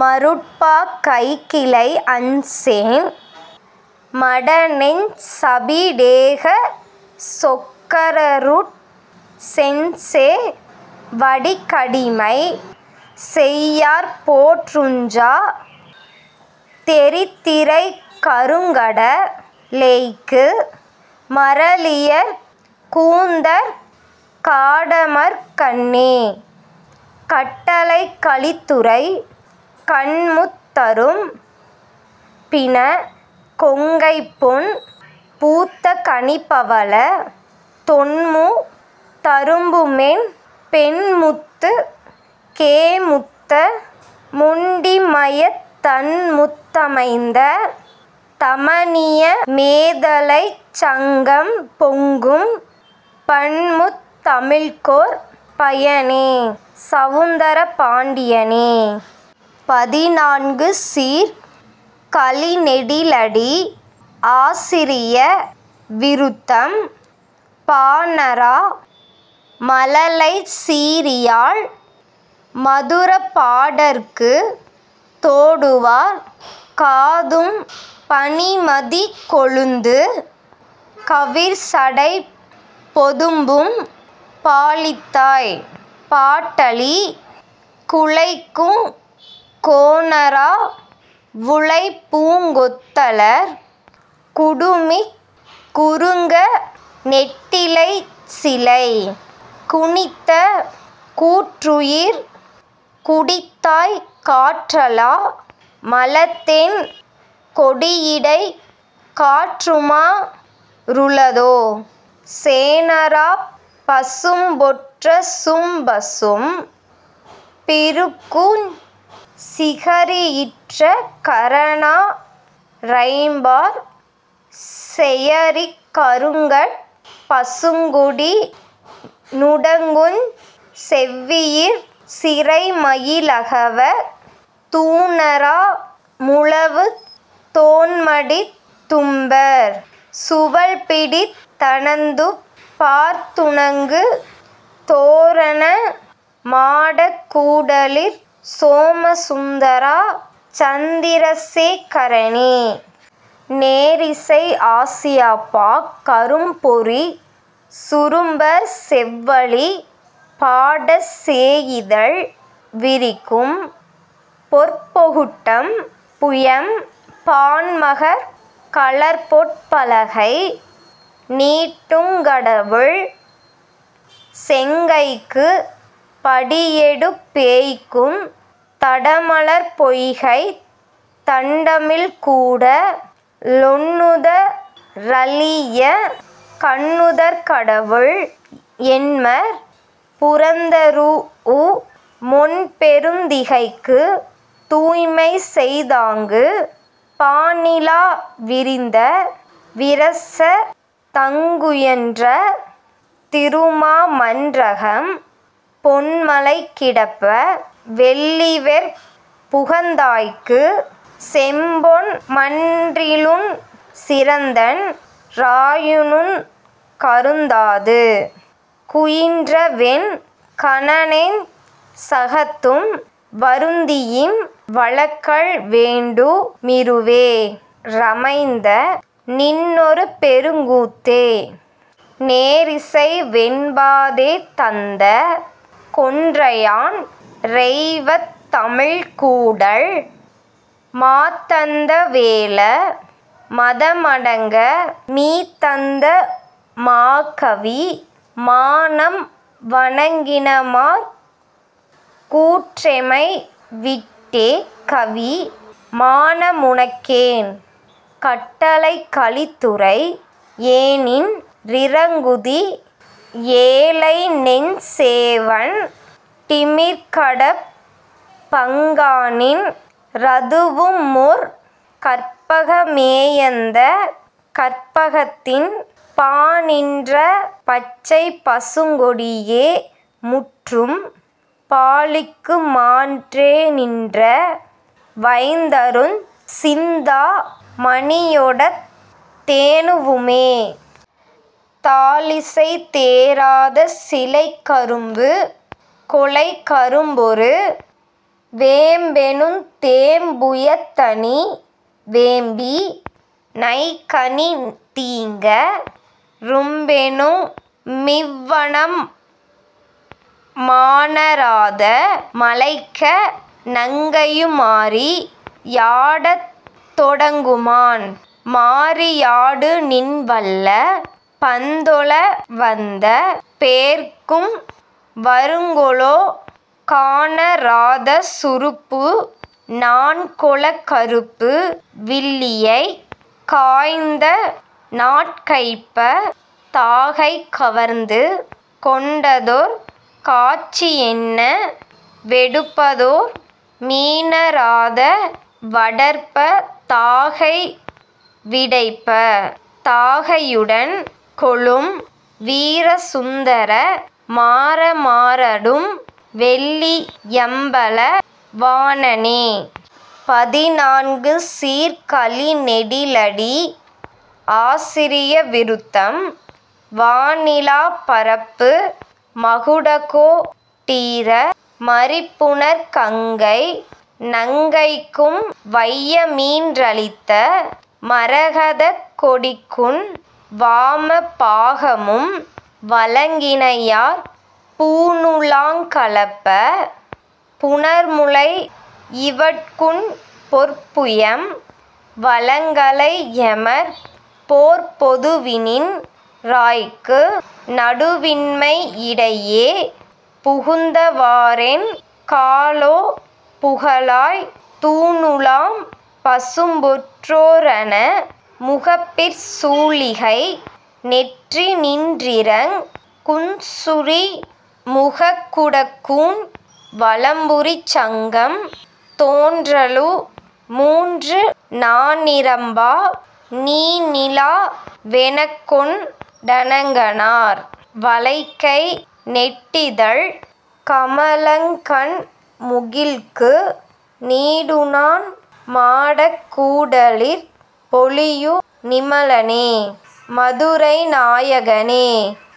மருட்பா கைக்கிளை அஞ்சேன் மடநெஞ் சபிடேகச் சொக்கரருட் செஞ்சே வடிக்கடிமை செய்யார்போற் றுஞ்சா தெறிதிரைக் கருங்கட லேய்க்கு மறலியற் கூந்தற் காடமர்க் கண்ணே. கட்டளைக் கலித்துறை கண்முத் தரும்பின கொங்கைபொன் பூத்த கனிபவளத் தொண்முத் தரும்புமென் பெண்முத்துக் கேமுத்த முண்டிமயத் தண்முத் தமைந்த தமனிய மேதலைச் சங்கம்பொங்கும் பண்முத் தமிழ்க்கொர் பயனே சவுந்தர பாண்டியனே. பதினான்கு சீர்க் கழிநெடிலடி ஆசிரிய விருத்தம் பாணறா மழலைச் சீறியாழ் மதுரப் பாடற்குத் தோடுவார் காதும் பனிமதிக் கொழுந்துக் கவிர்சடைப் பொதும்பும் பாலித்தாய் பாட்டளி குழைக்குங் கோணறா வுளைப்பூங் கொத்தலர் குடுமிக் குறுங்கணெட் டிலைச்சிலை குனித்த கூற்றுயிர் குடித்தாய்க் காற்றலா மலதென் கொடியிடைக் காற்றுமா றுளதோ சேணறாப் பசும்பொற் றசும்பசும் பிருக்குஞ் சிகரியிற் றகரநா றைம்பாற் சேயரிக் கருங்கட் பசுங்கொடி நுடங்குஞ் செவ்வியிற் சிறைமயி லகவத் தூணறா முழவுத் தோண்மடித் தும்பர் சுவல்பிடித் தணந்துபார்த் துணங்குந் தோரண மாடக் கூடலிற் சோம சுந்தரா சந்த்ரசே கரனே. நேரிசை ஆசிரியப்பா கரும்பொறிச் சுரும்பர் செவ்வழி பாடச் சேயிதழ் விரிக்கும் பொற்பொகுட் டம்புயம் பாண்மகற் கலர்பொற் பலகை நீட்டுங் கடவுள்செங் கைக்குப் படியெடுப் பேய்க்குந் தடமலர்ப் பொய்கைத் தண்டமிழ்க் கூட லொண்ணுத றழீய கண்ணுதற் கடவுள் எண்மர் புறந்தரூஉ மொண்பெருந் திகைக்குத் தூய்மைசெய் தாங்குப் பானிலா விரிந்த விரசதங் குயுன்ற திருமா மன்றகம் பொன்மலை கிடப்ப வெள்ளிவெற் புகந்தாய்க்குச் செம்பொன் மன்றினுஞ் சிறந்தன் றாயுனுங் கருந்தாது குயின்றவென் கனனெஞ் சகத்தும் வருந்தியிம் வழங்கல் வேண்டு மிருவே றமைந்தநின் னொருபெருங் கூத்தே. நேரிசை வெண்பா தேத்தந்த கொன்றையான் றெய்வத் தமிழ்க்கூடல் மாத்தந்த வேழ மதமடங்க-மீத்தந்த மாகவி மானம் வணங்கினமாற் கூற்றெமைவிட் டேகவி மானமுனக் கேன். கட்டளைக் கலித்துறை ஏனின் றிரங்குதி யேழைநெஞ் சேவண் டிமிர்கடப்பங் கானின் றதுவுமொர் கற்பக மேயந்தக் கற்பகத்தின் பானின்ற பச்சைப்பசுங்கொடி யேமுற்றும் பாலிக்குமாற் றேனின்ற வைந்தருச் சிந்தா மணியொடத் தேனுவுமே. தாழிசை தேன றாதசி லைக்க ரும்புகொ லைக்க ரும்பொரு வேம்பெனுந் தேம்பு யத்தணி வேம்பி னைக்கனி தீங்க ரும்பெனு மிவ்வணம் மான றாதம ழைக்க ணங்கையு மாறி யாடத் தொடங்குமான் மாறி யாடுநின் வல்ல பந்தொழ வந்த பேர்க்கும்வ ருங்கொலோ கான றாதசு ருப்பு நாண்கொள கருப்பு வில்லியைக் காய்ந்தநாட் கைப்ப தாகைக வர்ந்து கொண்டதொர் காட்சி யென்னவெ டுப்பதோர் மீன றாதவ டற்ப தாகைவி டைப்ப தாகை யுடன்கொளும் வீரசுந்தர மாற மாறடும் வெள்ளி யம்பல வாணனே. பதினான்கு சீர்க் கழிநெடிலடி ஆசிரிய விருத்தம் வாணிலாப் பரப்பு மகுடகோ டீர மறிபுனற் கங்கைநங் கைக்கும் வையமீன் றளித்த மரகதக் கொடிக்குன் வாமபா கமும்வழங் கினையாற் பூணுலாங் களபப் புணர்முலை யிவட்குன் பொற்புயம் வழங்கலை யெமர்போற் பொதுவினின் றாய்க்கு நடுவின்மை யிடையே புகுந்தவா றென்கொலோ புகலாய் தூணுலாம் பசும்பொற் றோரண முகப்பிற் சூளிகை நெற்றிநின் றிறங்குஞ் சுரிமுகக் குடக்கூன் வலம்புரிச் சங்கம் தோன்றலு மூன்றுநா ணிரம்பா நீணிலா வெனக்கொண் டணங்கனார் வளைக்கை நெட்டிதழ்க் கமலங்கண் முகிழ்க்கு நீடுநான் மாடக் கூடலிற் பொலியு நிமலனே மதுரைநா யகனே.